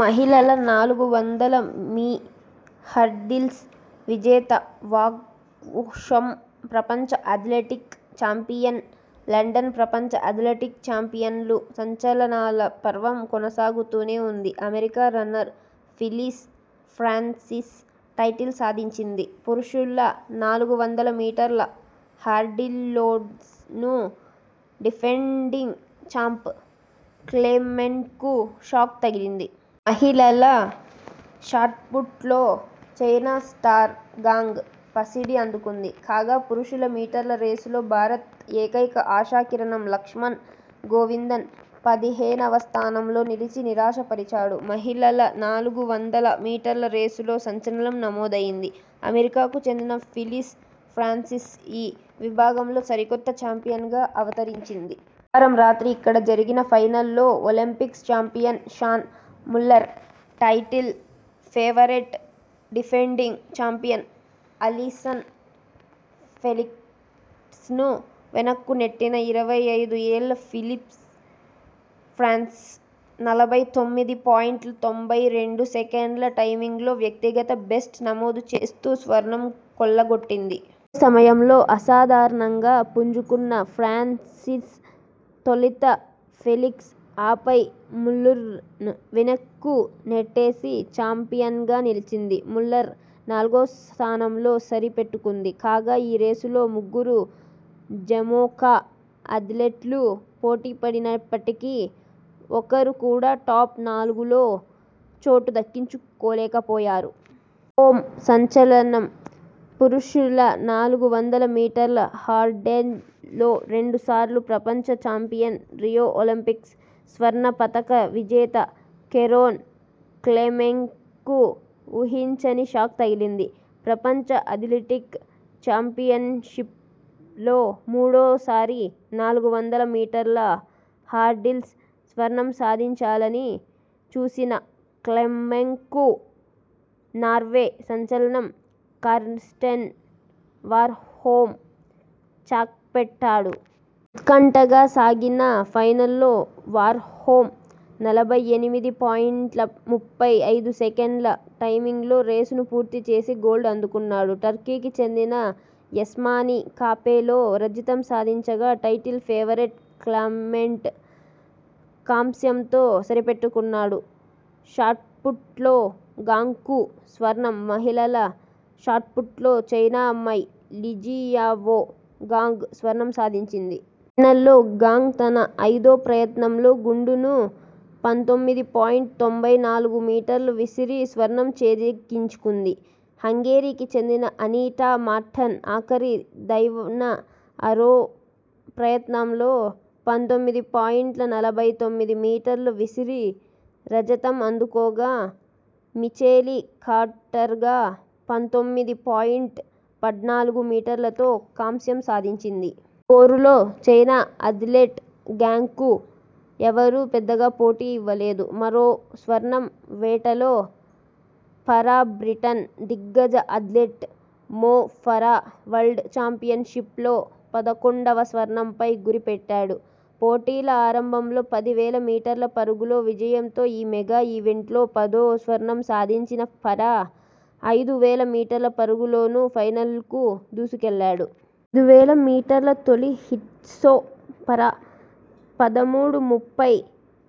మహిళల నాలుగు వందల మీ హర్డిల్స్ విజేత వార్హోమ్ ప్రపంచ అథ్లెటిక్ చాంపియన్షిప్ లండన్ ప్రపంచ అథ్లెటిక్ చాంపియన్షిప్స్లో సంచలనాల పర్వం కొనసాగుతూనే ఉంది. America runner Phyllis Francis title సాధించింది. పురుషుల నాలుగు వందల మీటర్ల హర్డిల్స్లోనూ డిఫెండింగ్ చాంప్ క్లెమెంట్కు షాక్ తగిలింది. మహిళల షాట్పుట్లో చైనా స్టార్ గాంగ్ పసిడి అందుకుంది. కాగా, పురుషుల మీటర్ల రేసులో భారత ఏకైక ఆశా కిరణం లక్ష్మణన్ గోవిందన్ పదిహేనువ స్థానంలో నిలిచి నిరాశ పరిచాడు. మహిళల నాలుగు వందల మీటర్ల రేసులో సంచలనం నమోదైంది. అమెరికాకు చెందిన ఫిలిస్ ఫ్రాన్సిస్ ఈ విభాగంలో సరికొత్త చాంపియన్ గా అవతరించింది. బుధవారం రాత్రి ఇక్కడ జరిగిన ఫైనల్లో Olympic champion Shaun Muller, title favourite, defending champion Allyson ఫెలిక్స్లను వెనక్కు నెట్టిన ఇరవై ఐదు ఏళ్ల ఫిలిస్ ఫ్రాన్స నలభై తొమ్మిది పాయింట్ తొంభై రెండు సెకన్ల టైమింగ్తో వ్యక్తిగత బెస్ట్ నమోదు చేస్తూ, స్వర్ణం కొల్ల గొట్టింది. ఇదే సమయంలో అసాధారణంగా పుంజు కున్న ఫ్రాన్సిస్ తొలుత ఫెలిక్స్, ఆపై ముల్లర్ను వెనక్కు నెట్టేసి చాంపియన్గా నిలిచింది. ముల్లర్ నాలుగో స్థానంతో సరి పెట్టుకుంది. కాగా ఈ రేసులో ముగ్గురు జముకా అథ్లెట్లు పోటీ పడి నప్పటికీ ఒక్కరు కూడా టాప్, నాలుగు లో చోటు దక్కించు కోలేకపోయారు. ర్హోమ్ సంచలనం పురుషుల నాలుగు వందల మీటర్ల హర్డిల్స్లో రెండు సార్లు ప్రపంచ చాంపియన్, రియో ఒలింపిక్స్ స్వర్ణ పతక విజేత కెరోన్ క్లెమెంట్కు ఊహించని షాక్ తగిలింది. ప్రపంచ అథ్లెటిక్ చాంపియన్షిప్స్లో మూడోసారి నాలుగు వందల మీటర్ల హర్డిల్స్ స్వర్ణం సాధించాలని చూసిన క్లెమెంట్కు నార్వే సంచలనం కార్స్టెన్ వార్హోమ్ చెక్పెట్టా డు. ఉత్కంఠగా సాగిన ఫైనల్లో వార్హోమ్ నలభై ఎనిమిది పాయింట్ ముప్పై ఐదు సెకన్ల టైమింగ్తో రేసును పూర్తి చేసి గోల్డ్ అందుకున్నాడు. టర్కీకి చెందిన యస్మాని కాపెలో రజతం సాధించగా, టైటిల్ ఫేవరెట్ క్లెమెంట్ కాంస్యంతో సరి పెట్టుకున్నాడు. షాట్పుట్లో గాంగ్కు స్వర్ణంమహిళల షాట్పుట్లో చైనా అమ్మాయి లిజియావో గాంగ్ స్వర్ణం సాధించింది. ఫైనల్లో గాంగ్ తన ఐదో ప్రయత్నంలో గుండును పంతొమ్మిది పాయింట్ తొంభై నాలుగు మీటర్లు విసిరి స్వర్ణం చేజిక్కించుకుంది. హంగేరీకి చెందిన అనిటా మార్టన్ ఆఖరి దైన ఆరో ప్రయత్నంలో పంతొమ్మిది పాయింట్ నలభై తొమ్మిది మీటర్లు విసిరి రజతం అందుకోగా, మిచెలీ కార్టర్ గా పంతొమ్మిది పాయింట్ పద్నాలుగు మీటర్ల తో కాంస్యం సాధించింది. ఈ పోరులో చైనా అథ్లెట్ గాంగ్కు ఎవరూ పెద్దగా పోటీ ఇవ్వలేదు. మరో స్వర్ణం వేటలో ఫరాబ్రిటన్ దిగ్గజ అథ్లెట్ మో ఫరా వరల్డ్ చాంపియన్షిప్స్లో పదకొండువ స్వర్ణంపై గురి పెట్టాడు. పోటీల ఆరంభంలో పది వేల మీటర్ల పరుగులో విజయంతో ఈ మెగా ఈవెంట్లో పదో స్వర్ణం సాధించిన ఫరా, ఐదు వేల మీటర్ల పరుగు లోనూ ఫైనల్కు దూసు కెళ్లాడు. ఐదు వేల మీటర్ల తొలి హీట్స్లో ఫరా పదమూడు ముప్పై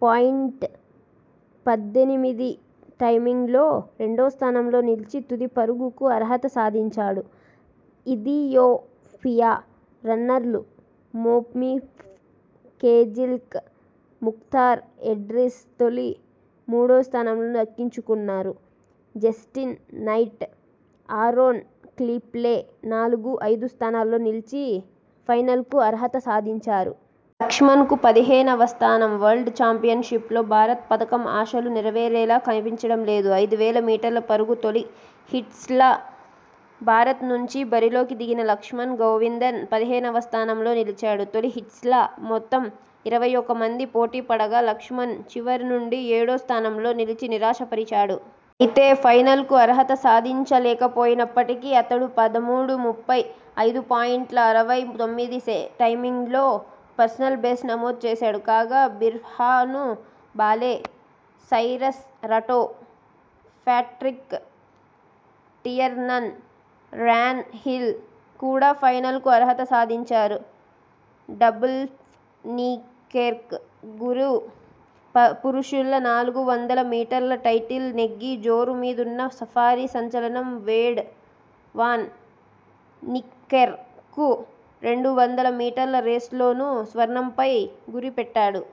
పాయింట్ పద్దెనిమిది టైమింగ్తో రెండో స్థానంలో నిలిచి తుది పరుగుకు అర్హత సాధించాడు. ఇథియోపియా రన్నర్లు మోఫ్ కెజెల్కా, ముక్తర్ ఎడ్రిస్ తొలి, మూడో స్థానం దక్కించుకున్నారు. జస్టిన్ నైట్, ఆరోన్ కిఫ్లే నాలుగు, ఐదు స్థానాల్లో నిలిచి ఫైనల్కు అర్హత సాధించారు. లక్ష్మణన్కు పదిహేనువ స్థానం. వరల్డ్ చాంపియన్షిప్స్లో భారత్ పతకం ఆశలు నెరవేరేలా కనిపించడం లేదు. ఐదు వేల మీటర్ల పరుగు తొలి హీట్స్ల భారత్ నుంచి బరిలోకి దిగిన లక్ష్మణన్ గోవిందన్ పదిహేనువ స్థానంలో నిలిచాడు. తొలి హీట్స్ల మొత్తం ఇరవై ఒకటి మంది పోటీపడగా, లక్ష్మణన్ చివరి నుంచి ఏడో స్థానంలో నిలిచి నిరాశ పరిచాడు. అయితే ఫైనల్కు అర్హత సాధించ లేకపోయినప్పటికీ అతడు పదమూడు ముప్పై ఐదు పాయింట్ అరవై తొమ్మిది టైమింగ్తో పర్సనల్ బెస్ట్ నమోదు చేశాడు. కాగా, Birhanu Balew, Cyrus Rutto, Patrick Tiernan, Ryan Hill కూడా ఫైనల్కు అర్హత సాధించారు. డబుల్పై నీకెర్క్ గురూ పురుషుల నాలుగు వందల మీటర్ల టైటిల్ నెగ్గి జోరు మీదున్న సఫారీ సంచలనం వేడ్ వాన్ నీకెర్క్ రెండు వందల మీటర్ల రేసులోనూ స్వర్ణంపై గురిపెట్టాడు.